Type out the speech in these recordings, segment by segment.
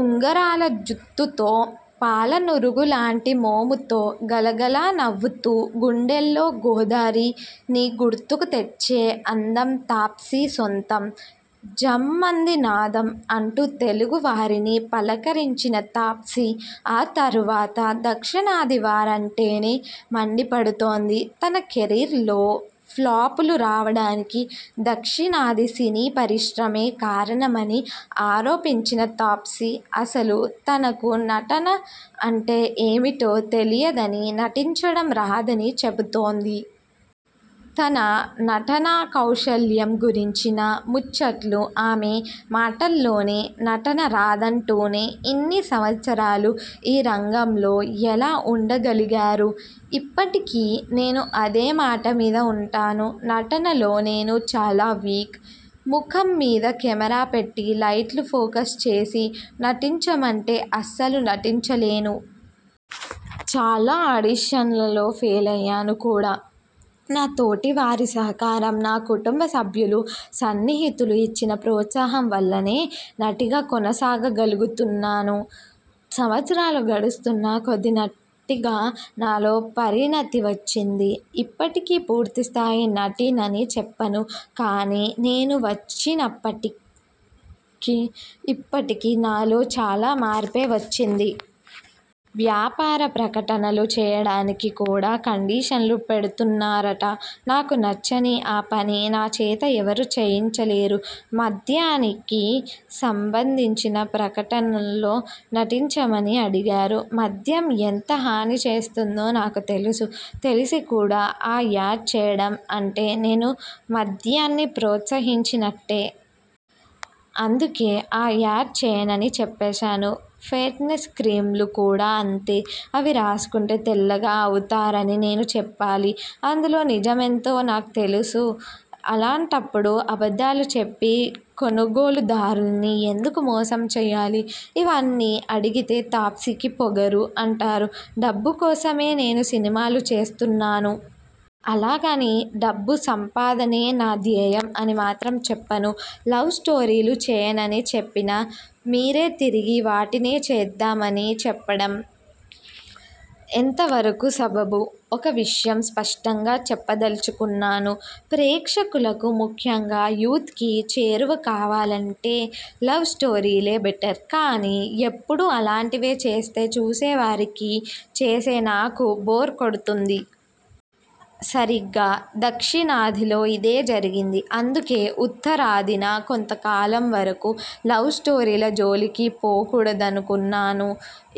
ఉంగరాల జుత్తుతో, పాలనురుగులాంటి మోముతో గలగల నవ్వుతూ 'గుండెల్లో గోదారి'ని గుర్తుకు తెచ్చే అందం తాప్సీ సొంతం. 'ఝమ్మంది నాదం' అంటూ తెలుగు వారిని పలకరించిన తాప్సీ ఆ తరువాత దక్షిణాది వారంటేనే మండిపడుతోంది. తన కెరీర్లో ఫ్లాపులు రావడానికి దక్షిణాది సినీ పరిశ్రమే కారణమని ఆరోపించిన తాప్సీ అసలు తనకు నటన అంటే ఏమిటో తెలియదనీ, నటించడం రాదనీ చెబుతోంది. తన నటనాకౌశల్యం గురించిన ముచ్చట్లు ఆమె మాటల్లోనే. నటన రాదంటూనే ఇన్ని సంవత్సరాలు ఈ రంగంలో ఎలా ఉండగలిగారు? ఇప్పటికీ నేను అదే మాటమీద ఉంటాను. నటనలో నేను చాలా వీక్. ముఖం మీద కెమెరా పెట్టి లైట్లు ఫోకస్ చేసి నటించమంటే అస్సలు నటించలేను. చాలా ఆడిషన్లలో ఫెలయ్యాను కూడా, నా తోటి వారి సహకారం, నా కుటుంబ సభ్యులు, సన్నిహితులు ఇచ్చిన ప్రోత్సాహం వల్లనే నటిగా కొనసాగగలుగుతున్నాను. సంవత్సరాలు గడుస్తున్న కొద్దీ నటిగా నాలో పరిణతి వచ్చింది. ఇప్పటికీ పూర్తిస్థాయి నటినని చెప్పను కానీ, నేను వచ్చినప్పటికీ ఇప్పటికీ నాలో చాలా మార్పే వచ్చింది. వ్యాపార ప్రకటనలు చేయడానికి కూడా కండిషన్లు పెడుతున్నారట? నాకు నచ్చని ఆ పని నా చేత ఎవరూ చేయించలేరు మద్యానికి సంబంధించిన ప్రకటనల్లో నటించమని అడిగారు. మద్యం ఎంత హాని చేస్తుందో నాకు తెలుసు. తెలిసి కూడా ఆ యాడ్ చేయడం అంటే నేను మద్యాన్ని ప్రోత్సహించినట్టే. అందుకే ఆ యాడ్ చేయనని చెప్పేశాను. ఫెయిర్నెస్ క్రీంలు కూడా అంతే, అవి రాసుకుంటే తెల్లగా అవుతారని నేను చెప్పాలి. అందులో నిజమెంతో నాకు తెలుసు. అలాంటప్పడు అబద్ధాలు చెప్పి కొనుగోలుదారుల్ని ఎందుకు మోసం చేయాలి? ఇవన్నీ అడిగితే తాప్సీకి పొగరు అంటారు. డబ్బు కోసమే నేను సినిమాలు చేస్తున్నాను. అలాగని డబ్బు సంపాదనే నా ధ్యేయం అని మాత్రం చెప్పను. లవ్ స్టోరీలు చేయనని చెప్పిన మీరే తిరిగి వాటినే చేద్దామని చెప్పడం ఎంత వరకు సబబు? ఒక విషయం స్పష్టంగా చెప్పదలుచుకున్నాను. ప్రేక్షకులకు ముఖ్యంగా యూత్ కి చేరువ కావాలంటే లవ్ స్టోరీలే బెటర్, కానీ ఎప్పుడూ అలాంటివే చేస్తే చూసేవారికీ, చేసే నాకూ బోర్ కొడుతుంది. సరిగ్గా దక్షిణాదిలో ఇదే జరిగింది. అందుకే ఉత్తరాదిన కొంత కాలం వరకూ లవ్ స్టోరీల జోలికి పోకూడదనుకున్నాను.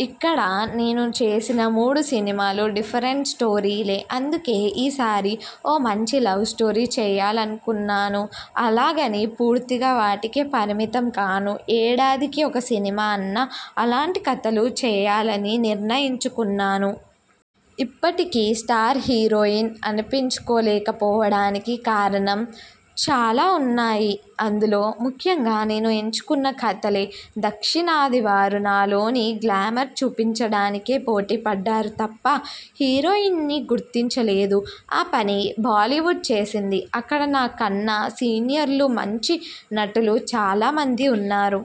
ఇక్కడ నేను చేసిన మూడు సినిమాలు డిఫరెంట్ స్టోరీలే. అందుకే ఈసారి ఓ మంచి లవ్ స్టోరీ చేయాలనుకున్నాను. అలాగని పూర్తిగా వాటికే పరిమితం కాను. ఏడాదికి ఒక సినిమా అన్నా అలాంటి కథలు చేయాలని నిర్ణయించుకున్నాను. ఇప్పటికీ స్టార్ హీరోయిన్ అనిపించుకోలేకపోవడానికి కారణం? చాలా ఉన్నాయి. అందులో ముఖ్యంగా నేను ఎంచుకున్న కథలే, దక్షిణాది వారు నాలోని గ్లామర్ చూపించడానికే పోటీ పడ్డారు తప్ప హీరోయిన్ని గుర్తించలేదు. ఆ పని బాలీవుడ్ చేసింది. అక్కడ నా కన్నా సీనియర్లు, మంచి నటులు చాలామంది ఉన్నారు.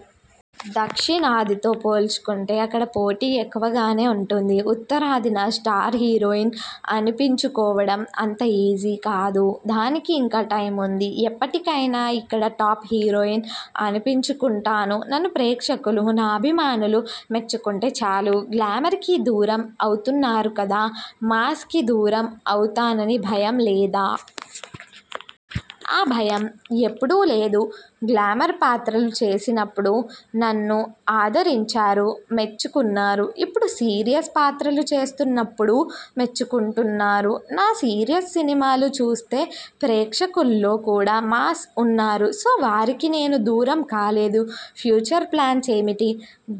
దక్షిణాదితో పోల్చుకుంటే అక్కడ పోటీ ఎక్కువగానే ఉంటుంది. ఉత్తరాదిన స్టార్ హీరోయిన్ అనిపించుకోవడం అంత ఈజీ కాదు. దానికి ఇంకా టైముంది. ఎప్పటికైనా ఇక్కడ టాప్ హీరోయిన్ అనిపించుకుంటాను. నన్ను ప్రేక్షకులు, నా అభిమానులు మెచ్చుకుంటే చాలు. గ్లామర్ కి దూరం అవుతున్నారు కదా, మాస్ కి దూరం అవుతానని భయం లేదా? ఆ భయం ఎప్పుడూ లేదు. గ్లామర్ పాత్రలు చేసినప్పుడు నన్ను ఆదరించారు, మెచ్చుకున్నారు. ఇప్పుడు సీరియస్ పాత్రలు చేస్తున్నప్పుడూ మెచ్చుకుంటున్నారు. నా సీరియస్ సినిమాలు చూస్తే ప్రేక్షకుల్లో కూడా మాస్ ఉన్నారు. సో వారికి నేను దూరం కాలేదు. ఫ్యూచర్ ప్లాన్స్ ఏమిటి?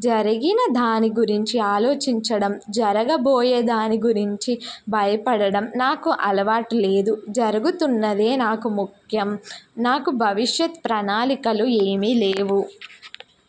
జరిగినదాని గురించి ఆలోచించడం, జరగబోయే దాని గురించి భయపడడం నాకు అలవాటు లేదు. జరుగుతున్నదే నాకు ముఖ్యం. నాకు భవిష్యత్ ప్రణాళికలు ఏమీ లేవు.